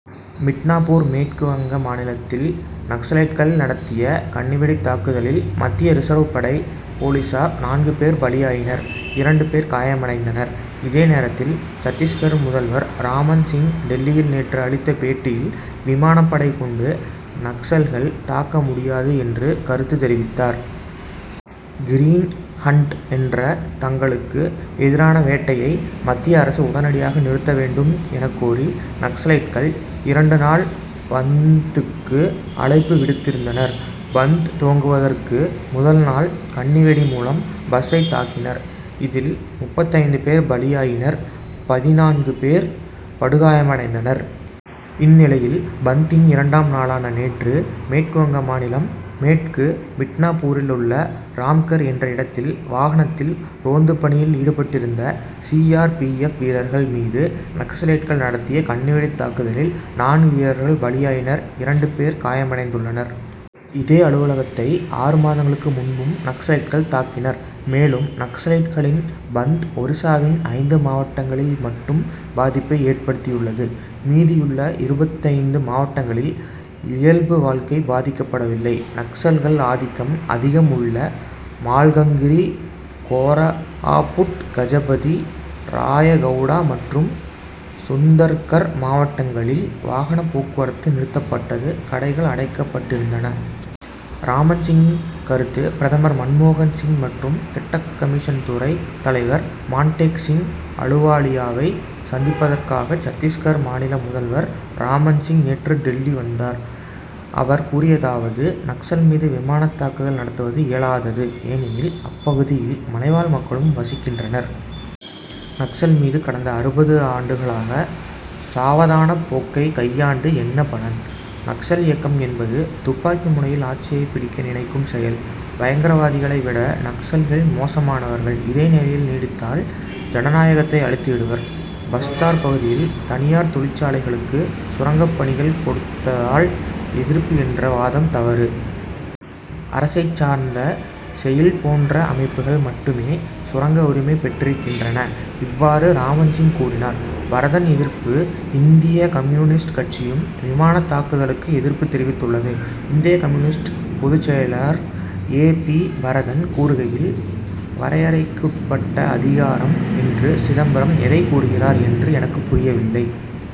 மிட்னாப்பூர் மேற்கு வங்க மாநிலத்தில் நக்சலைட்கள் நடத்திய கண்ணிவெடித் தாக்குதலில் மத்திய ரிசர்வ் படை போலீசார் நான்கு பேர் பலியாயினர் இரண்டு பேர் காயமடைந்தனர். இதே நேரத்தில் சத்திஸ்கர் முதல்வர் ராமன் சிங் டில்லியில் நேற்று அளித்த பேட்டியில் விமானப்படை கொண்டு நக்சல்கள் தாக்க முடியாது என்று கருத்து தெரிவித்தார். கிரீன் ஹன்ட் என்ற தங்களுக்கு எதிரான வேட்டையை மத்திய அரசு உடனடியாக நிறுத்த வேண்டும் எனக்கோரி நக்சலைட்கள் இரண்டு நாள் பந்த்துக்கு அழைப்பு விடுத்திருந்தனர். பந்த் துவங்குவதற்கு முதல்நாள் கண்ணி வெடி மூலம் பஸ்சைத் தாக்கினர். இதில் முப்பத்தைந்து பேர் பலியாயினர் பதினான்கு பேர் படுகாயமடைந்தனர். இந்நிலையில் பந்த்தின் இரண்டாம் நாளான நேற்று மேற்கு வங்க மாநிலம் மேற்கு மிட்னாப்பூரில் உள்ள ராம்கர் என்ற இடத்தில் வாகனத்தில் ரோந்துப் பணியில் ஈடுபட்டிருந்த சி. ஆர். பி. எப். வீரர்கள் மீது நக்சலைட்கள் நடத்திய கண்ணிவெடித் தாக்குதலில் நான்கு வீரர்கள் பலியாயினர் இரண்டு பேர் காயமடைந்துள்ளனர். இதே அலுவலகத்தை ஆறு மாதங்களுக்கு முன்பும் நக்சலைட்கள் தாக்கினர். மேலும் நக்சலைட்களின் பந்த் ஒரிசாவின் ஐந்து மாவட்டங்களில் மட்டும் பாதிப்பை ஏற்படுத்தியுள்ளது. மீதியுள்ள இருபத்தைந்து மாவட்டங்களில் இயல்பு வாழ்க்கை பாதிக்கப்படவில்லை. நக்சல் ஆதிக்கம் அதிகம் உள்ள மால்கங்கிரி கோராபுட் கஜபதி ராயகவுடா மற்றும் சுந்தர்கர் மாவட்டங்களில் வாகனப் போக்குவரத்து நிறுத்தப்பட்டது கடைகள் அடைக்கப்பட்டிருந்தன. ராமன் சிங் கருத்து பிரதமர் மன்மோகன் சிங் மற்றும் திட்டக்கமிஷன் துணைத் தலைவர் மான்டேக் சிங் அலுவாலியாவை சந்திப்பதற்காக சத்திஸ்கர் மாநில முதல்வர் ராமன் சிங் நேற்று டில்லி வந்தார். அவர் கூறியதாவது நக்சல் மீது விமானத் தாக்குதல் நடத்துவது இயலாதது. ஏனெனில் அப்பகுதியில் மலைவாழ் மக்களும் வசிக்கின்றனர். நக்சல் மீது கடந்த அறுபது ஆண்டுகளாக சாவதானப் போக்கை கையாண்டு என்ன பலன். நக்சல் இயக்கம் என்பது துப்பாக்கி முனையில் ஆட்சியை பிடிக்க நினைக்கும் செயல். பயங்கரவாதிகளை விட நக்சல்கள் மோசமானவர்கள் இதே நிலை நீடித்தால் ஜனநாயகத்தை அழித்து விடுவர். பஸ்தார் பகுதியில் தனியார் தொழிற்சாலைகளுக்கு சுரங்கப் பணிகள் கொடுத்ததால் எதிர்ப்பு என்ற வாதம் தவறு. அரசைச் சார்ந்த செயில் போன்ற அமைப்புகள் மட்டுமே சுரங்க உரிமை பெற்றிருக்கின்றன. இவ்வாறு ராமன் சிங் கூறினார். பரதன் எதிர்ப்பு இந்திய கம்யூனிஸ்ட் கட்சியும் விமானத் தாக்குதலுக்கு எதிர்ப்பு தெரிவித்துள்ளது. இந்திய கம்யூனிஸ்ட் பொதுச் செயலர் ஏ. பி. பரதன் கூறுகையில் வரையறைக்குட்பட்ட அதிகாரம் என்று சிதம்பரம் எதைக் கூறுகிறார் என்று எனக்குப் புரியவில்லை.